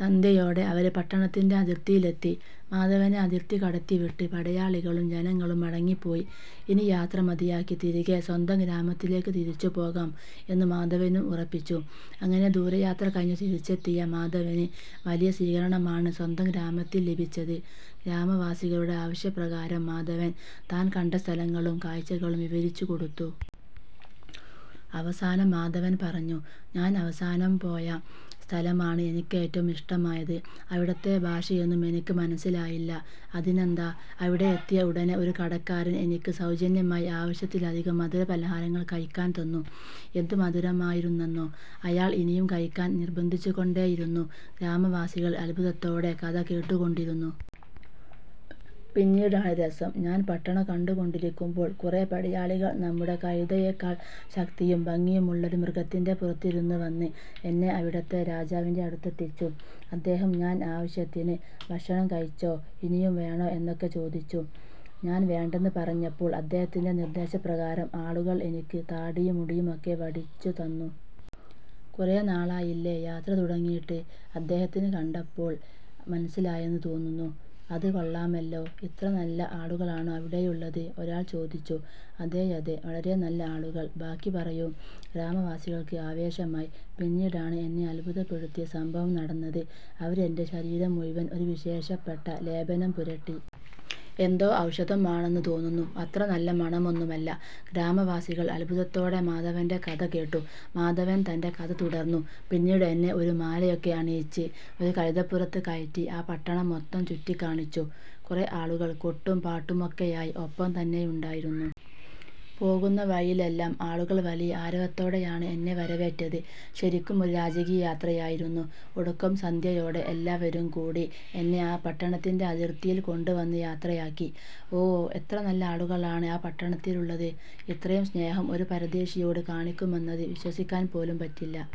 സന്ധ്യയോടെ അവര് പട്ടണത്തിന്റെ അതിര്ത്തിയിലെത്തി. മാധവനെ അതിര്ത്തി കടത്തി വിട്ട് പടയാളികളും ജനങളും മടങ്ങിപ്പോയി. ഇനി യാത്ര മതിയാക്കി തിരികെ സ്വന്തം ഗ്രാമത്തിലേയ്ക്ക് തിരിച്ചു പോകാം എന്ന് മാധവനും ഉറപ്പിച്ചു. അങ്ങിനെ ദൂരയാത്ര കഴിഞ്ഞു തിരിച്ചെത്തിയ മാധവന് വലിയ സ്വീകരണമാണ് സ്വന്തം ഗ്രാമത്തില് ലഭിച്ചത്. ഗ്രാമവാസികളുടെ ആവശ്യപ്രകാരം മാധവന് താന് കണ്ട സ്ഥലങ്ങളും കാഴ്ചകളും വിവരിച്ചു കൊടുത്തു. അവസാനം മാധവന് പറഞ്ഞു. "ഞാന് അവസാനം പോയ സ്ഥലമാണ് എനിക്കേറ്റവും ഇഷ്ടമായത്. അവിടത്തെ ഭാഷയോന്നും എനിക്ക് മനസ്സിലായില്ല. അതിനെന്താ? അവിടെ എത്തിയ ഉടനെ ഒരു കടക്കാരന് എനിക്കു സൌജന്യമായി ആവശ്യത്തിലധികം മധുര പലഹാരങ്ങള് കഴിക്കാന് തന്നു. എന്ത് മധുരമായിരുന്നെന്നോ? അയാള് ഇനിയും കഴിക്കാന് നിര്ബന്ധിച്ചുകൊണ്ടേയിരുന്നു. " ഗ്രാമവാസികള് അത്ഭുതത്തോടെ കഥ കേട്ടുകൊണ്ടിരുന്നു. "പിന്നീടാണ് രസം. ഞാന് പട്ടണം കണ്ടുകൊണ്ടിരിക്കുമ്പോള് കുറെ പടയാളികള് നമ്മുടെ കഴുതയേക്കാള് ശക്തിയും ഭംഗിയുമുള്ള ഒരു മൃഗത്തിന്റെ പുറത്തിരുന്ന് വന്ന് എന്നെ അവിടത്തെ രാജാവിന്റെ അടുത്തെത്തിച്ചു. അദ്ദേഹം ഞാന് ആവശ്യത്തിന് ഭക്ഷണം കഴിച്ചോ, ഇനിയും വേണോ എന്നൊക്കെ ചോദിച്ചു. ഞാന് വേണ്ടെന്ന് പറഞ്ഞപ്പോള് അദ്ദേഹത്തിന്റെ നിര്ദ്ദേശ പ്രകാരം ആളുകള് എനിക്കു താടിയും മുടിയുമൊക്കെ വടിച്ചു തന്നു. കുറെ നാളായില്ലേ, യാത്ര തുടങ്ങിയിട്ട്. അദ്ദേഹത്തിന് കണ്ടപ്പോള് മനസ്സിലായെന്ന് തോന്നുന്നു" "അത് കൊള്ളാമല്ലോ! ഇത്ര നല്ല ആളുകളാണോ അവിടെയുള്ളത്" ഒരാള് ചോദിച്ചു. "അതെയതെ! വളരെ നല്ല ആളുകള്. ബാക്കി പറയൂ" ഗ്രാമവാസികള്ക്ക് ആവേശമായി "പിന്നീടാണ് എന്നെ അത്ഭുതപ്പെടുത്തിയ സംഭവം നടന്നത്. അവര് എന്റെ ശരീരം മുഴുവന് ഒരു വിശേഷപ്പെട്ട ലേപനം പുരട്ടി. എന്തോ ഔഷധം ആണെന്ന് തോന്നുന്നു. അത്ര നല്ല മണമൊന്നുമല്ല. " ഗ്രാമവാസികള് അത്ഭുതത്തോടെ മാധവന്റെ കഥ കേട്ടു. മാധവന് തന്റെ കഥ തുടര്ന്നു. "പിന്നീട് എന്നെ ഒരു മാലയൊക്കെ അണിയിച്ച് ഒരു കഴുതപ്പുറത്ത് കയറ്റി ആ പട്ടണം മൊത്തം ചുറ്റിക്കാണിച്ചു. കുറെ ആളുകള് കൊട്ടും പാട്ടുമൊക്കെയായി ഒപ്പം തന്നെയുണ്ടായിരുന്നു. പോകുന്ന വഴിയിലെല്ലാം ആളുകള് വലിയ ആരവത്തോടെയാണ് എന്നെ വരവേറ്റത്. ശരിക്കും ഒരു രാജകീയ യാത്രയായിരുന്നു! ഒടുക്കം സന്ധ്യയോടെ എല്ലാവരും കൂടി എന്നെ പട്ടണത്തിന്റെ അതിര്ത്തിയില് കൊണ്ട് വന്ന് യാത്രയാക്കി" "ഓ! എത്ര നല്ല ആളുകളാണ് ആ പട്ടണത്തിലുള്ളത്. ഇത്രയും സ്നേഹം ഒരു പരദേശിയോട് കാണിക്കുമെന്നത് വിശ്വസിക്കാന് പോലും പറ്റില്ല.